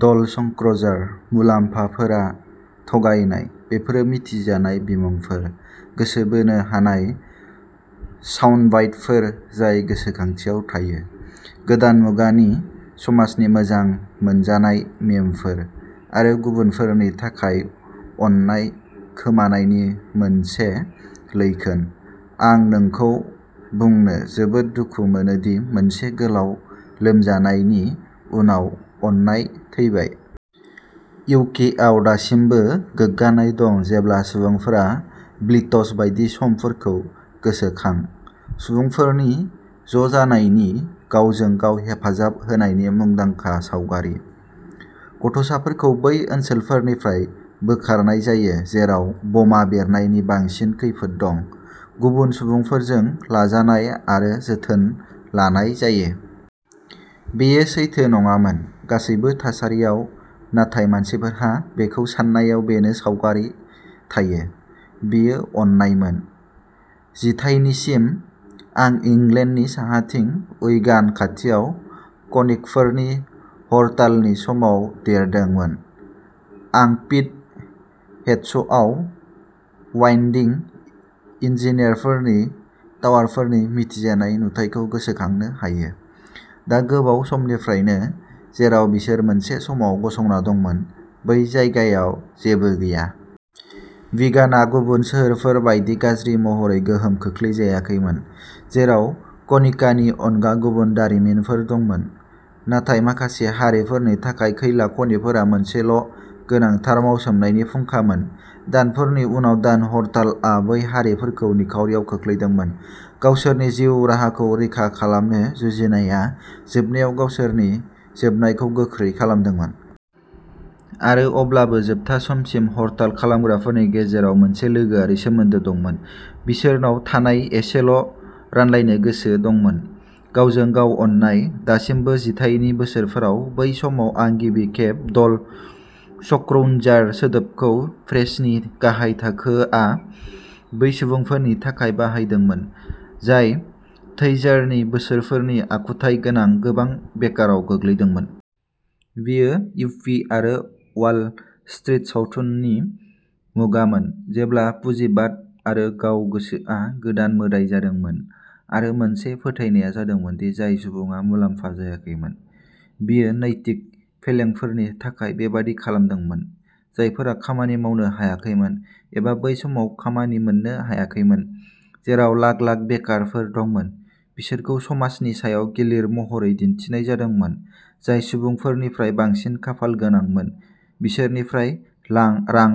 ड'ल स्क्रंजार। मुलाम्फाफोरा थगायनाय। बेफोरो मिथिजानाय बिमुंफोर, गोसो बोनो हानाय साउन्डबाइटफोर जाय गोसोखांथियाव थायो। गोदान मुगानि समाजनि मोजां मोनजानाय मीमफोर, आरो गुबुनफोरनि थाखाय अननाय खोमानायनि मोनसे लैखोन। आं नोंखौ बुंनो जोबोद दुखु मोनो दि मोनसे गोलाव लोमजानायनि उनाव अननाय थैबाय। इउ. के. आव दासिमबो गोग्गानाय दं जेब्ला सुबुंफोरा ब्लिट्ज बायदि समफोरखौ गोसोखांो। सुबुंफोरनि ज'जानायनि, गावजों गाव हेफाजाब होनायनि मुंदांखा सावगारि। गथ'साफोरखौ बै ओनसोलफोरनिफ्राय बोखारनाय जायो जेराव बमा बेरनायनि बांसिन खैफोद दं, गुबुन सुबुंफोरजों लाजानाय आरो जोथोन लानाय जायो। बेयो सैथो नङामोन। गासैबो थासारियाव, नाथाय मानसिफोरहा बेखौ सान्नायाव बेनो सावगारि थायो। बेयो अननायमोन। जिथाइनिसिमः आं इंलेन्डनि साहाथिं उइगान खाथियाव खनिकफोरनि हरतालनि समाव देरदोंमोन। आं पिट हेड्सआव वाइन्डिं इन्जिनफोरनि टावारफोरनि मिथिजानाय नुथायखौ गोसोखांनो हायो, दा गोबाव समनिफ्रायनो जेराव बिसोर मोनसे समाव गसंना दंमोन बै जायगायाव जेबो गैया। विगाना गुबुन सोहोरफोर बायदि गाज्रि महरै गोहोम खोख्लैजायाखैमोन, जेराव खनिकानि अनगा गुबुन दारिमिनफोर दंमोन। नाथाय माखासे हारिफोरनि थाखाय खैला खनिफोरा मोनसेल'गोनांथार मावसोमनायनि फुंखामोन। दानफोरनि उनाव दान हरतालआ बै हारिफोरखौ निखावरिआव खोख्लैदोंमोनः गावसोरनि जिउ राहाखौ रैखा खालामनो जुजिनायआ जोबनायाव गावसोरनि जोबनायखौ गोख्रै खालामदोंमोन। आरो अब्लाबो जोबथा समसिम हरताल खालामग्राफोरनि गेजेराव मोनसे लोगोआरि सोमोन्दो दंमोन, बिसोरनाव थानाय एसेल'खौ रानलायनो गोसो दंमोन, गावजों गाव अननाय। दासिमबो जिथाइनि बोसोरफोराव, बै समाव आं गिबि खेब "ड'ल स्क्रौन्जार" सोदोबखौ प्रेसनि गाहाय थाखोआ बै सुबुंफोरनि थाखाय बाहायदोंमोन, जाय थैचारनि बोसोरफोरनि आखुथाय गोनां गोबां बेकाराव गोग्लैदोंमोन। बेयो युप्पी आरो वाल स्ट्रीट सावथुननि मुगामोन, जेब्ला पुजिबाद आरो गाव-गोसोआ गोदान मोदाइ जादोंमोन आरो मोनसे फोथायनाया जादोंमोन दि जाय सुबुङा मुलाम्फा जायाखैमोन, बियो नैतिक फेलेंफोरनि थाखाय बेबादि खालामदोंमोन। जायफोरा खामानि मावनो हायाखैमोन, एबा बै समाव खामानि मोन्नो हायाखैमोन, जेराव लाख लाख बेकारफोर दंमोन, बिसोरखौ समाजनि सायाव गिलिर महरै दिन्थिनाय जादोंमोन, जाय सुबुंफोरनिफ्राय बांसिन खाफालगोनांमोन, बिसोरनिफ्राय रां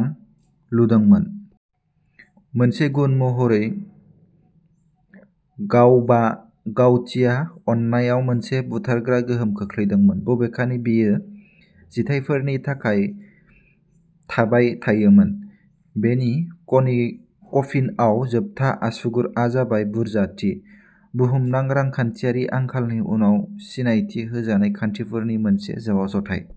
लुदोंमोन। मोनसे गुन महरै गावबागावथिया अननायाव मोनसे बुथारग्रा गोहोम खोख्लैदोंमोन, बबेखानि बेयो जिथायफोरनि थाखाय थाबाय थायोमोन। बेनि कफिनआव जोबथा आसुगुरआ जाबाय बुरजाथि, बुहुमनां रांखान्थियारि आंखालनि उनाव सिनायथि होजानाय खान्थिफोरनि मोनसे जथाय।